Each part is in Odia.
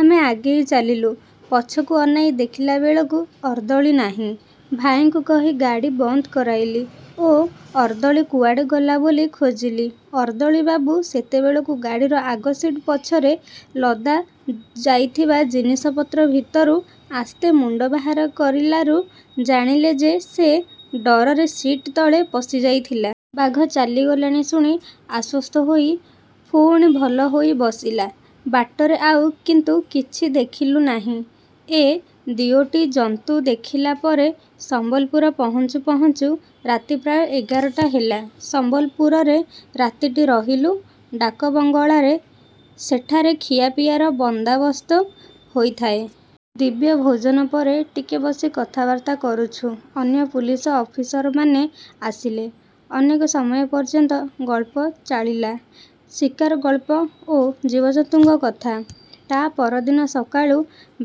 ଆମେ ଆଗେଇ ଚାଲିଲୁ। ପଛକୁ ଅନାଇ ଦେଖିଲା ବେଳକୁ ଅର୍ଦ୍ଦଳି ନାହିଁ। ଭାଇଙ୍କୁ କହି ଗାଡ଼ି ବନ୍ଦ କରାଇଲି ଓ ଅର୍ଦ୍ଦଳି କୁଆଡ଼େ ଗଲା ବୋଲି ଖୋଜିଲି। ଅର୍ଦ୍ଦଳିବାବୁ ସେତେବେଳକୁ ଗାଡ଼ିର ଆଗ ସିଟ୍ ପଛରେ ଲଦା ଯାଇଥିବା ଜିନିଷପତ୍ର ଭିତରୁ ଆସ୍ତେ ମୁଣ୍ଡ ବାହାର କରିଲାରୁ ଜାଣିଲି ଯେ ସେ ଡରରେ ସିଟ୍ ତଳେ ପଶିଯାଇଥିଲା। ବାଘ ଚାଲିଗଲାଣି ଶୁଣି ଆଶ୍ୱସ୍ତ ହୋଇ ପୁଣି ଭଲ ହୋଇ ବସିଲା। ବାଟରେ ଆଉ କିନ୍ତୁ କିଛି ଦେଖିଲୁ ନାହିଁ। ଏ ଦିଓଟି ଜନ୍ତୁ ଦେଖିଲା ପରେ ସମ୍ୱଲପୁର ପହଞ୍ଚୁ ପହଞ୍ଚୁ ରାତି ପ୍ରାୟ ଏଗାରଟା ହେଲା। ସମ୍ୱଲପୁରରେ ରାତିଟି ରହିଲୁ ଡାକବଙ୍ଗଳାରେ। ସେଠାରେ ଖିଆପିଆର ବନ୍ଦାବସ୍ତ ହୋଇଥାଏ। ଦିବ୍ୟ ଭୋଜନ ପରେ ଟିକେ ବସି କଥାବାର୍ତ୍ତା କରୁଛୁ ଅନ୍ୟ ପୁଲିସ ଅଫିସରମାନେ ଆସିଲେ। ଅନେକ ସମୟ ପର୍ଯ୍ୟନ୍ତ ଗଳ୍ପ ଚାଳିଲା-ଶିକାର ଗଳ୍ପ ଓ ଜୀବଜନ୍ତୁଙ୍କ କଥା। ତା' ପରଦିନ ସକାଳୁ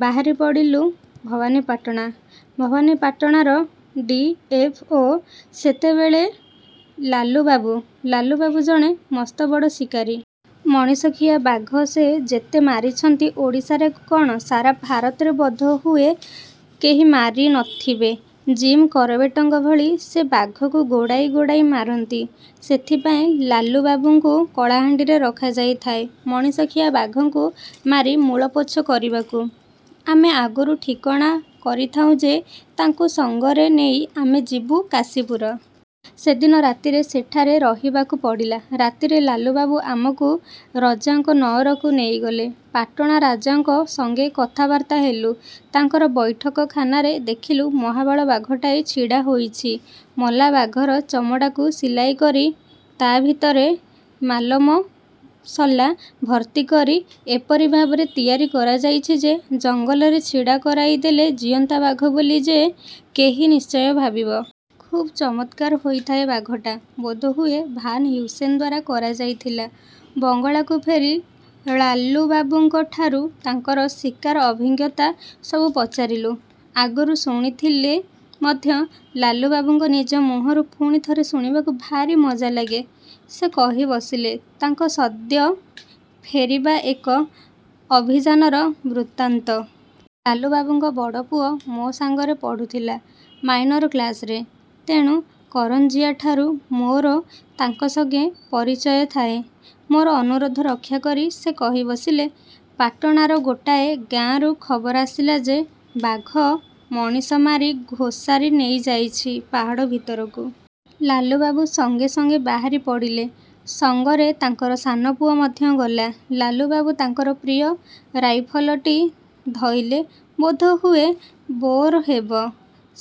ବାହାରି ପଡ଼ିଲୁ ଭବାନୀପାଟଣା। ଭବାନୀପାଟଣାର ଡ଼ି. ଏଫ. ଓ. ସେତେବେଳେ ଲାଲୁବାବୁ। ଲାଲୁବାବୁ ଜଣେ ମସ୍ତବଡ଼ ଶିକାରୀ। ମଣିଷଖିଆ ବାଘ ସେ ଯେତେ ମାରିଛନ୍ତି ଓଡ଼ିଶାରେ କ'ଣ ସାରା ଭାରତରେ ବୋଧହୁଏ କେହି ମାରି ନ ଥିବେ। ଜିମ୍ କରବେଟଙ୍କ ଭଳି ସେ ବାଘକୁ ଗୋଡ଼ାଇ ଗୋଡ଼ାଇ ମାରନ୍ତି। ସେଥିପାଇଁ ଲାଲୁବାବୁଙ୍କୁ କଳାହାଣ୍ଡିରେ ରଖାଯାଇଥାଏ-ମଣିଷଖିଆ ବାଘଙ୍କୁ ମାରି ମୂଳପୋଛ କରିବାକୁ। ଆମେ ଆଗରୁ ଠିକଣା କରିଥାଉଁ ଯେ ତାଙ୍କୁ ସଙ୍ଗରେ ନେଇ ଆମେ ଯିବୁ କାଶୀପୁର। ସେଦିନ ରାତିରେ ସେଠାରେ ରହିବାକୁ ପଡ଼ିଲା। ରାତିରେ ଲାଲୁବାବୁ ଆମକୁ ରଜାଙ୍କ ନଅରକୁ ନେଇଗଲେ। ପାଟଣା ରାଜାଙ୍କ ସଙ୍ଗେ କଥାବାର୍ତ୍ତା ହେଲୁ। ତାଙ୍କର ବୈଠକଖାନାରେ ଦେଖିଲୁ ମହାବଳ ବାଘଟାଏ ଛିଡ଼ା ହୋଇଛି। ମଲା ବାଘର ଚମଡ଼ାକୁ ସିଲାଇ କରି ତା' ଭିତରେ ମାଲମସଲା ଭର୍ତ୍ତି କରି ଏପରି ଭାବରେ ତିଆରି କରାଯାଇଛି ଯେ ଜଙ୍ଗଲରେ ଛିଡ଼ା କରାଇ ଦେଲେ ଜୀଅନ୍ତା ବାଘ ବୋଲି ଯେ କେହି ନିଶ୍ଚୟ ଭାବିବ। ଖୁବ୍ ଚମତ୍କାର ହୋଇଥାଏ ବାଘଟା। ବୋଧହୁଏ ଭାନ୍ ହ୍ୟୁସେନ ଦ୍ୱାରା କରାଯାଇଥିଲା। ବଙ୍ଗଳାକୁ ଫେରି ଳାଲୁବାବୁଙ୍କଠାରୁ ତାଙ୍କର ଶିକାର ଅଭିଜ୍ଞତା ସବୁ ପଚାରିଲୁ। ଆଗରୁ ଶୁଣିଥିଲେ ମଧ୍ୟ ଲାଲୁବାବୁଙ୍କ ନିଜ ମୁହଁରୁ ପୁଣି ଥରେ ଶୁଣିବାକୁ ଭାରି ମଜା ଲାଗେ। ସେ କହି ବସିଲେ, ତାଙ୍କ ସଦ୍ୟ ଫେରିଥିବା ଏକ ଅଭିଯାନର ବୃତ୍ତାନ୍ତ। ଲାଲୁବାବୁଙ୍କ ବଡ଼ ପୁଅ ମୋ ସାଙ୍ଗରେ ପଢ଼ୁଥିଲା-ମାଇନର କ୍ଲାସରେ। ତେଣୁ କରଂଜିଆଠାରୁ ମୋର ତାଙ୍କ ସଙ୍ଗେ ପରିଚୟ ଥାଏ। ମୋର ଅନୁରୋଧ ରକ୍ଷାକରି ସେ କହି ବସିଲେ- ପାଟଣାର ଗୋଟାଏ ଗାଁରୁ ଖବର ଆସିଲା ଯେ ବାଘ ମଣିଷ ମାରି ଘୋଷାରି ନେଇଯାଇଛି ପାହାଡ଼ ଭିତରକୁ। ଲାଲୁବାବୁ ସଙ୍ଗେ ସଙ୍ଗେ ବାହାରି ପଡ଼ିଲେ। ସଙ୍ଗରେ ତାଙ୍କର ସାନ ପୁଅ ମଧ୍ୟ ଗଲା। ଲାଲୁବାବୁ ତାଙ୍କର ପ୍ରିୟ ରାଇଫଲଟି ଧଇଲେ-ବୋଧହୁଏ. ବୋର ହେବ।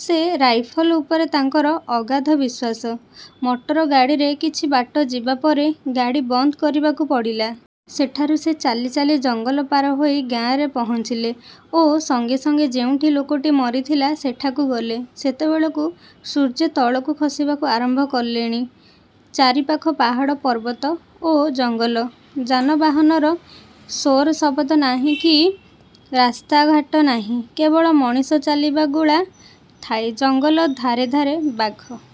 ସେ ରାଇଫଲ ଉପରେ ତାଙ୍କର ଅଗାଧ ବିଶ୍ୱାସ। ମଟର ଗାଡ଼ିରେ କିଛି ବାଟ ଯିବା ପରେ ଗାଡ଼ି ବନ୍ଦ କରିବାକୁ ପଡ଼ିଲା। ସେଠାରୁ ସେ ଚାଲି ଚାଲି ଜଙ୍ଗଲ ପାର ହୋଇ ଗାଁରେ ପହଞ୍ଚିଲେ ଓ ସଙ୍ଗେ ସଙ୍ଗେ ଯେଉଁଠି ଲୋକଟି ମରିଥିଲା ସେଠାକୁ ଗଲେ। ସେତେବେଳକୁ ସୂର୍ଯ୍ୟ ତଳକୁ ଖସିବାକୁ ଆରମ୍ଭ କଲେଣି। ଚାରିପାଖ ପାହାଡ଼ ପର୍ବତ ଓ ଜଙ୍ଗଲ। ଯାନବାହାନର ସୋରଶବ୍ଦ ନାହିଁ କି ରାସ୍ତାଘାଟ ନାହିଁ।। କେବଳ ମଣିଷ ଚାଳିବା ଗୁଳା ଥାଏ ଜଙ୍ଗଲ ଧାରେ ଧାରେ। ବାଘ